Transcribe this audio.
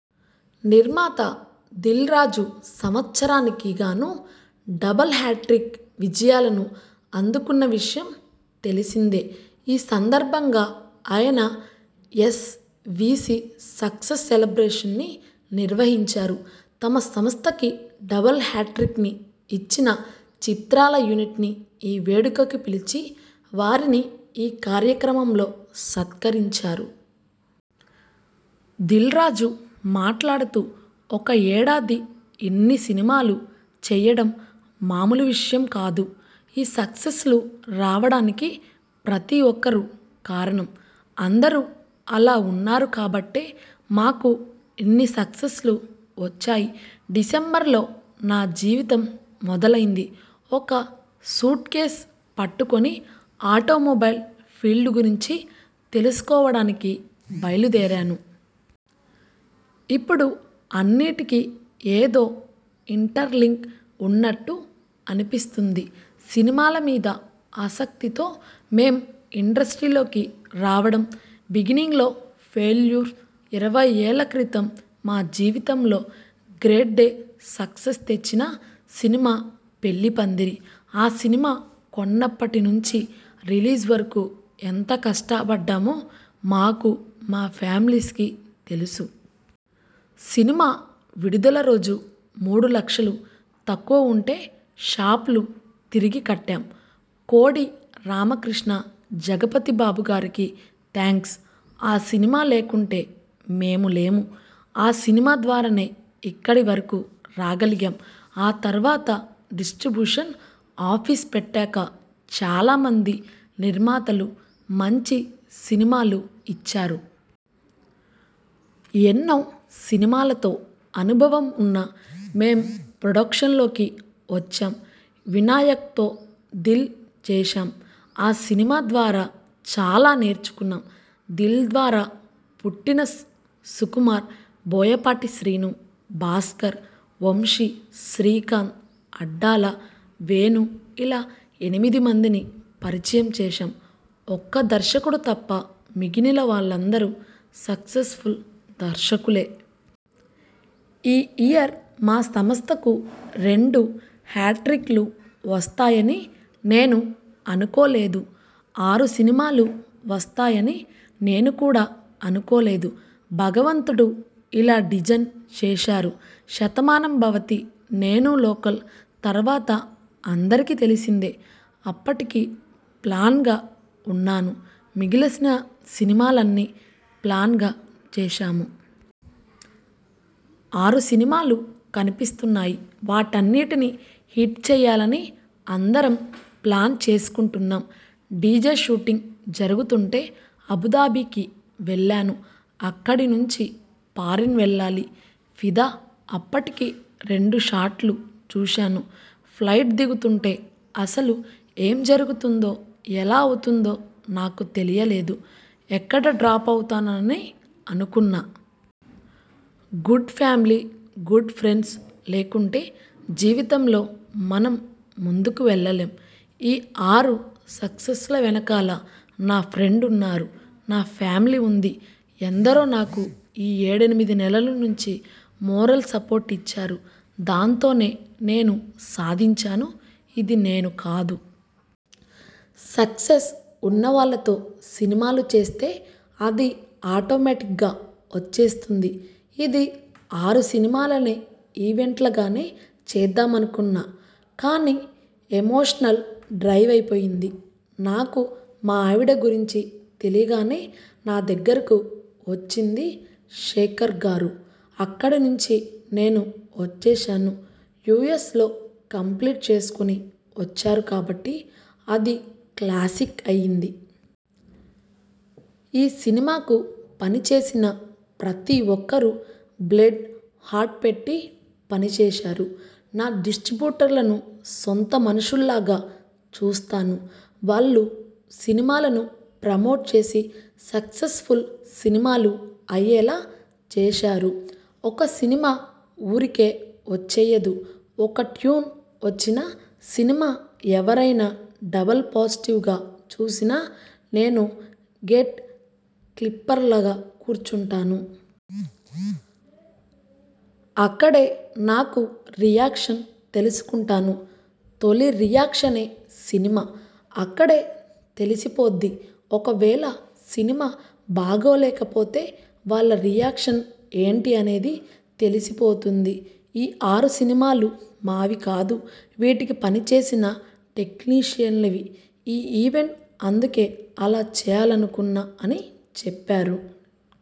నిర్మాత దిల్ రాజు సంవత్సరానికి గానూ డబుల్ హ్యాట్రిక్ విజయాలను అందుకున్న విషయం తెలిసిందే. ఈ సందర్భంగా ఆయన ఎస్. వి. సి. సక్సెస్ సెలబ్రేషన్ని నిర్వహించారు. తమ సంస్థకి డబుల్ హ్యాట్రిక్ని ఇచ్చిన చిత్రాల యూనిట్ని ఈ వేడుకకి పిలిచి వారిని ఈ కార్యక్రమంలో సత్కరించారు. దిల్రాజు మాట్లాడుతూ.. ''ఒక ఏడాది ఇన్ని సినిమాలు చేయడం మామూలు విషయం కాదు. ఈ సక్సెస్లు రావడానికి ప్రతి ఒక్కరూ కారణం. అందరూ అలా ఉన్నారు కాబట్టే మాకు ఇన్ని సక్సెస్లు వచ్చాయి. డిసెంబర్లో నా జీవితం మొదలైంది. ఒక సూట్కేస్ పట్టుకుని ఆటోమొబైల్ ఫీల్డ్ గురించి తెలుసుకోవడానికి బయలుదేరాను., ఇప్పుడు.. అన్నిటికి ఏదో ఇంటర్లింక్ ఉన్నట్టు అనిపిస్తుంది. సినిమాల మీద ఆసక్తితో మేం ఇండస్ట్రీలోకి రావడం, బిగినింగ్లో ఫెయిల్యూర్స్ ఇరవై ఏళ్ల క్రితం మా జీవితంలో గ్రేట్ డే సక్సెస్ తెచ్చిన సినిమా పెళ్లిపందిరి. ఆ సినిమా కొన్నప్పటి నుంచి రిలీజ్ వరకు ఎంత కష్టపడ్డామో మాకు, మా ఫ్యామిలీస్కి తెలుసు. సినిమా విడుదల రోజు మూడు లక్షలు తక్కువ ఉంటే షాప్లు తిరిగి కట్టాం. కోడి రామకృష్ణ, జగపతిబాబుగారుకి థాంక్స్. ఆ సినిమా లేకుంటే మేము లేము. ఆ సినిమా ద్వారానే ఇక్కడి వరకు రాగలిగాం. ఆ తర్వాత డిస్ట్రిబ్యూషన్ ఆఫీస్ పెట్టాక చాలా మంది నిర్మాతలు మంచి సినిమాలు ఇచ్చారు. ఎన్నో సినిమాలతో అనుభవం ఉన్న మేం ప్రొడక్షన్లోకి వచ్చాం. వినాయక్తో దిల్ చేశాం. ఆ సినిమా ద్వారా చాలా నేర్చుకున్నాం. దిల్ ద్వారా పుట్టిన సుకుమార్, బోయపాటి శ్రీను, భాస్కర్, వంశీ, శ్రీకాంత్ అడ్డాల, వేణు.. ఇలా ఎనిమిది మందిని పరిచయం చేశాం. ఒక్క దర్శకుడు తప్ప మిగిలిన వాళ్లందరూ సక్సెస్ఫుల్ దర్శకులే. ఈ ఇయర్ మా సంస్థకు రెండు హ్యాట్రిక్లు వస్తాయని నేను అనుకోలేదు. ఆరు సినిమాలు వస్తాయని నేను కూడా అనుకోలేదు. భగవంతుడు ఇలా డిజైన్ చేశారు. శతమానం భవతి, నేను లోకల్ తర్వాత అందరికీ తెలిసిందే.. అప్పటికి ప్లాన్గా ఉన్నాను. మిగిలిన సినిమాలన్నీ ప్లాన్గా చేశాము. ఆరు సినిమాలు కనిపిస్తున్నాయి. వాటన్నిటినీ హిట్ చేయాలని అందరం ప్లాన్ చేసుకుంటున్నాం. డీజే షూటింగ్ జరుగుతుంటే అబుదాబీకి వెళ్లాను. అక్కడి నుంచి ఫారిన్ వెళ్లాలి. ఫిదా అప్పటికి రెండు షాట్లు చూశాను. ఫ్లైట్ దిగుతుంటేఅసలు ఏం జరుగుతుందో, ఎలా అవుతుందో నాకు తెలియలేదు. ఎక్కడ డ్రాప్ అవుతానోనని అనుకున్నా. గుడ్ ఫ్యామిలీ, గుడ్ ఫ్రెండ్స్ లేకుంటే జీవితంలో మనం ముందుకు వెళ్లలేం. ఈ ఆరు సక్సెస్ల వెనకాల నా ఫ్రెండ్ ఉన్నారు. నా ఫ్యామిలీ ఉంది. ఎందరో నాకు ఈ ఏడెనిమిది నెలల నుంచి మోరల్ సపోర్ట్ ఇచ్చారు. దాంతోనే నేను సాధించాను. ఇది నేను కాదు. సక్సెస్ ఉన్నవాళ్లతో సినిమాలు చేస్తే అది ఆటోమేటిగ్గా వచ్చేస్తుంది. ఇది ఆరు సినిమాలనే ఈవెంట్లాగానే చేద్దామనుకన్నా. కానీ ఎమోషనల్ డ్రైవ్ అయిపోయింది. నాకు మా ఆవిడ గురించి తెలియగానే నా దగ్గరకు వచ్చింది శేఖర్గారు. అక్కడినుంచి నేను వచ్చేశాను. యు. ఎస్. లో కంప్లీట్ చేసుకుని వచ్చారు కాబట్టి అది క్లాసిక్ అయింది. ఈ సినిమాకు పనిచేసిన ప్రతి ఒక్కరూ బ్లడ్, హార్ట్ పెట్టి పనిచేశారు. నా డిస్ట్రిబ్యూటర్లను సొంత మనుషుల్లాగా చూస్తాను. వాళ్లు సినిమాలను ప్రమోట్ చేసి సక్సెస్ఫుల్ సినిమాలు అయ్యేలా చేశారు. ఒక సినిమా ఊరికే వచ్చేయదు. ఒక ట్యూన్ వచ్చినా, సినిమా ఎవరైనా డబుల్ పాజిటివ్గా చూసినా నేను గేట్ కీపర్లాగా కూర్చుంటాను. అక్కడే నాకు రియాక్షన్ తెలుసుకుంటాను. తొలి రియాక్షనే సినిమా. అక్కడే తెలిసిపోద్ది. ఒకవేళ సినిమా బాగోలేకపోతే వాళ్ల రియాక్షన్ ఏంటి అనేది తెలిసిపోతుంది. ఈ ఆరు సినిమాలు మావి కాదు. వీటికి పనిచేసిన టెక్నీషియన్లవి. ఈ ఈవెంట్ అందుకే అలా చేయాలనుకున్నా.. '' అని చెప్పారు.